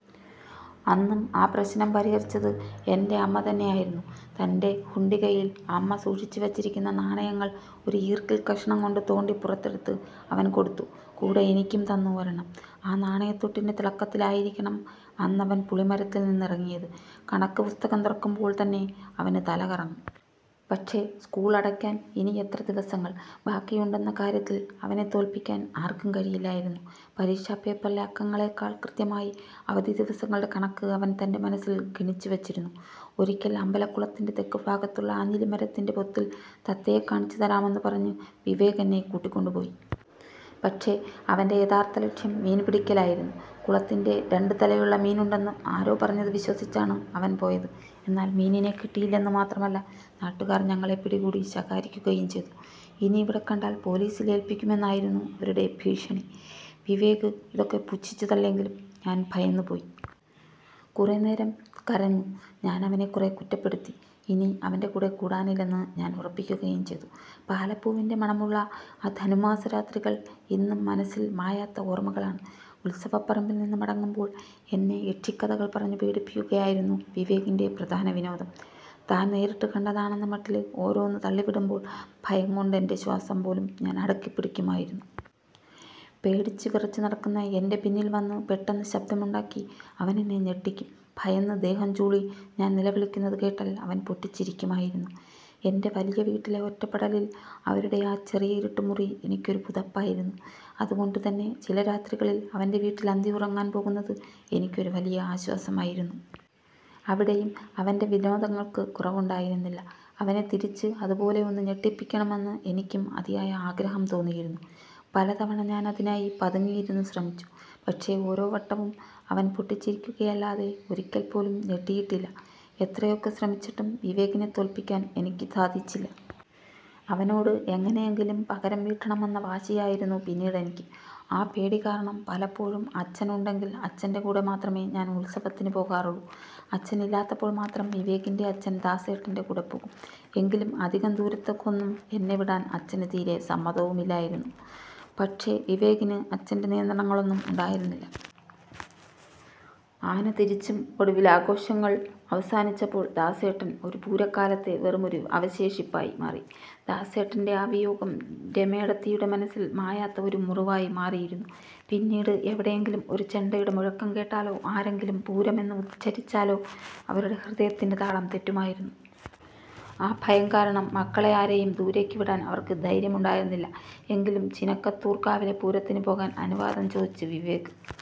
അന്നും ആ പ്രശ്നം പരിഹരിച്ചത് എന്റെ അമ്മ തന്നെയായിരുന്നു. തന്റെ ഹുണ്ടികയിൽ അമ്മ സൂക്ഷിച്ചുവെച്ചിരുന്ന നാണയങ്ങൾ ഒരു ഈർക്കിൽ കഷ്ണം കൊണ്ട് തോണ്ടി പുറത്തെടുത്ത് അവന് കൊടുത്തു. കൂടെ എനിക്കും തന്നു ഒരെണ്ണം. ആ നാണയത്തുട്ടിന്റെ തിളക്കത്തിലായിരിക്കണം അന്ന് അവൻ പുളിമരത്തിൽ നിന്നിറങ്ങിയത്. കണക്കുപുസ്തകം തുറക്കുമ്പോൾ തന്നെ അവന് തല കറങ്ങും. പക്ഷേ, സ്കൂൾ അടയ്ക്കാൻ ഇനിയെത്ര ദിവസങ്ങൾ ബാക്കിയുണ്ടെന്ന കാര്യത്തിൽ അവനെ തോൽപ്പിക്കാൻ ആർക്കും കഴിയില്ലായിരുന്നു. പരീക്ഷാ പേപ്പറിലെ അക്കങ്ങളേക്കാൾ കൃത്യമായി അവധി ദിവസങ്ങളുടെ കണക്ക് അവൻ തന്റെ മനസ്സിൽ ഗണിച്ചു വെച്ചിരുന്നു. ഒരിക്കൽ, അമ്പലക്കുളത്തിന്റെ തെക്കുഭാഗത്തുള്ള ആഞ്ഞിലിമരത്തിന്റെ പൊത്തിൽ തത്തയെ കാണിച്ചുതരാമെന്ന് പറഞ്ഞ് വിവേക് എന്നെ കൂട്ടിക്കൊണ്ടുപോയി. പക്ഷേ അവന്റെ യഥാർത്ഥ ലക്ഷ്യം മീൻ പിടിക്കലായിരുന്നു. കുളത്തിൽ രണ്ടു തലയുള്ള മീനുണ്ടെന്ന് ആരോ പറഞ്ഞത് വിശ്വസിച്ചാണ് അവൻ പോയത്. എന്നാൽ മീനിനെ കിട്ടിയില്ലെന്ന് മാത്രമല്ല, നാട്ടുകാർ ഞങ്ങളെ പിടികൂടി ശകാരിക്കുകയും ചെയ്തു. ഇനി ഇവിടെ കണ്ടാൽ പോലീസിൽ ഏൽപ്പിക്കുമെന്നായിരുന്നു അവരുടെ ഭീഷണി. വിവേക് അതൊക്കെ പുച്ഛിച്ചു തള്ളിയെങ്കിലും ഞാൻ ഭയന്നുപോയി. കുറേനേരം കരഞ്ഞു. ഞാൻ അവനെ കുറെ കുറ്റപ്പെടുത്തി. ഇനി അവന്റെ കൂടെ കൂടാനില്ലെന്ന് ഞാൻ ഉറപ്പിക്കുകയും ചെയ്തു. പാലപ്പൂവിന്റെ മണമുള്ള ആ ധനുമാസ രാത്രികൾ ഇന്നും മനസ്സിൽ മായാത്ത ഓർമ്മകളാണ്. ഉത്സവപ്പറമ്പിൽ നിന്ന് മടങ്ങുമ്പോൾ എന്നെ യക്ഷിക്കഥകൾ പറഞ്ഞു പേടിപ്പിക്കുകയായിരുന്നു വിവേകിന്റെ പ്രധാന വിനോദം. താൻ നേരിട്ടു കണ്ടതാണെന്ന മട്ടിൽ ഓരോന്ന് തള്ളിവിടുമ്പോൾ, ഭയം കൊണ്ട് എന്റെ ശ്വാസം പോലും ഞാൻ അടക്കിപ്പിടിക്കുമായിരുന്നു. പേടിച്ച് വിറച്ചു നടക്കുന്ന എന്റെ പിന്നിൽ വന്ന് പെട്ടെന്ന് ശബ്ദമുണ്ടാക്കി അവൻ എന്നെ ഞെട്ടിക്കും. ഭയന്ന് ദേഹം ചൂളി ഞാൻ നിലവിളിക്കുന്നത് കേട്ടാൽ അവൻ പൊട്ടിച്ചിരിക്കുമായിരുന്നു. എന്റെ വലിയ വീട്ടിലെ ഒറ്റപ്പെടലിൽ, അവരുടെ ആ ചെറിയ ഇരുട്ടുമുറി എനിക്കൊരു പുതപ്പായിരുന്നു. അതുകൊണ്ടുതന്നെ ചില രാത്രികളിൽ അവന്റെ വീട്ടിൽ അന്തിയുറങ്ങാൻ പോകുന്നത് എനിക്കൊരു വലിയ ആശ്വാസമായിരുന്നു. അവിടെയും അവന്റെ വിനോദങ്ങൾക്ക് കുറവുണ്ടായിരുന്നില്ല. അവനെ തിരിച്ച് അതുപോലെ ഒന്ന് ഞെട്ടിക്കണമെന്ന് എനിക്കും അതിയായ ആഗ്രഹം തോന്നിയിരുന്നു. പല തവണ ഞാൻ അതിനായി പതുങ്ങിയിരുന്ന് ശ്രമിച്ചു. പക്ഷേ, ഓരോ വട്ടവും അവൻ പൊട്ടിച്ചിരിക്കുകയല്ലാതെ ഒരിക്കൽ പോലും ഞെട്ടിയില്ല. എത്രയൊക്കെ ശ്രമിച്ചിട്ടും വിവേകിനെ തോൽപ്പിക്കാൻ എനിക്ക് സാധിച്ചില്ല. അവനോട് എങ്ങനെയെങ്കിലും പകരം വീട്ടണമെന്ന വാശിയായിരുന്നു പിന്നീടെനിക്ക്. ആ പേടി കാരണം പലപ്പോഴും അച്ഛൻ ഉണ്ടെങ്കിൽ അച്ഛന്റെ കൂടെ മാത്രമേ ഞാൻ ഉത്സവത്തിന് പോകാറുള്ളൂ. അച്ഛനില്ലാത്തപ്പോൾ മാത്രം വിവേകിന്റെ അച്ഛൻ ദാസേട്ടന്റെ കൂടെപ്പോകും. എങ്കിലും അധികം ദൂരത്തേക്കൊന്നും എന്നെ വിടാൻ അച്ഛന് തീരെ സമ്മതവുമായിരുന്നില്ല. പക്ഷേ വിവേകിന് അച്ഛന്റെ നിയന്ത്രണങ്ങളൊന്നും ഉണ്ടായിരുന്നില്ല. ആന തിരിച്ചും. ഒടുവിൽ, ആഘോഷങ്ങൾ അവസാനിച്ചപ്പോൾ ദാസേട്ടൻ ഒരു പൂരക്കാലത്തെ വെറുമൊരു അവശേഷിപ്പായി മാറി. ദാസേട്ടന്റെ ആ വിയോഗം രമേടത്തിയുടെ മനസ്സിൽ മായാത്ത ഒരു മുറിവായി മാറിയിരുന്നു. പിന്നീട് എവിടെയെങ്കിലും ഒരു ചെണ്ടയുടെ മുഴക്കം കേട്ടാലോ, ആരെങ്കിലും 'പൂരം' എന്ന് ഉച്ചരിച്ചാലോ അവരുടെ ഹൃദയത്തിന്റെ താളം തെറ്റുമായിരുന്നു. ആ ഭയം കാരണം മക്കളെ ആരെയും ദൂരേക്ക് വിടാൻ അവർക്ക് ധൈര്യമുണ്ടായിരുന്നില്ല. എങ്കിലും ചിനക്കത്തൂർ കാവിലെ പൂരത്തിന് പോകാൻ അനുവാദം ചോദിച്ച് വിവേക്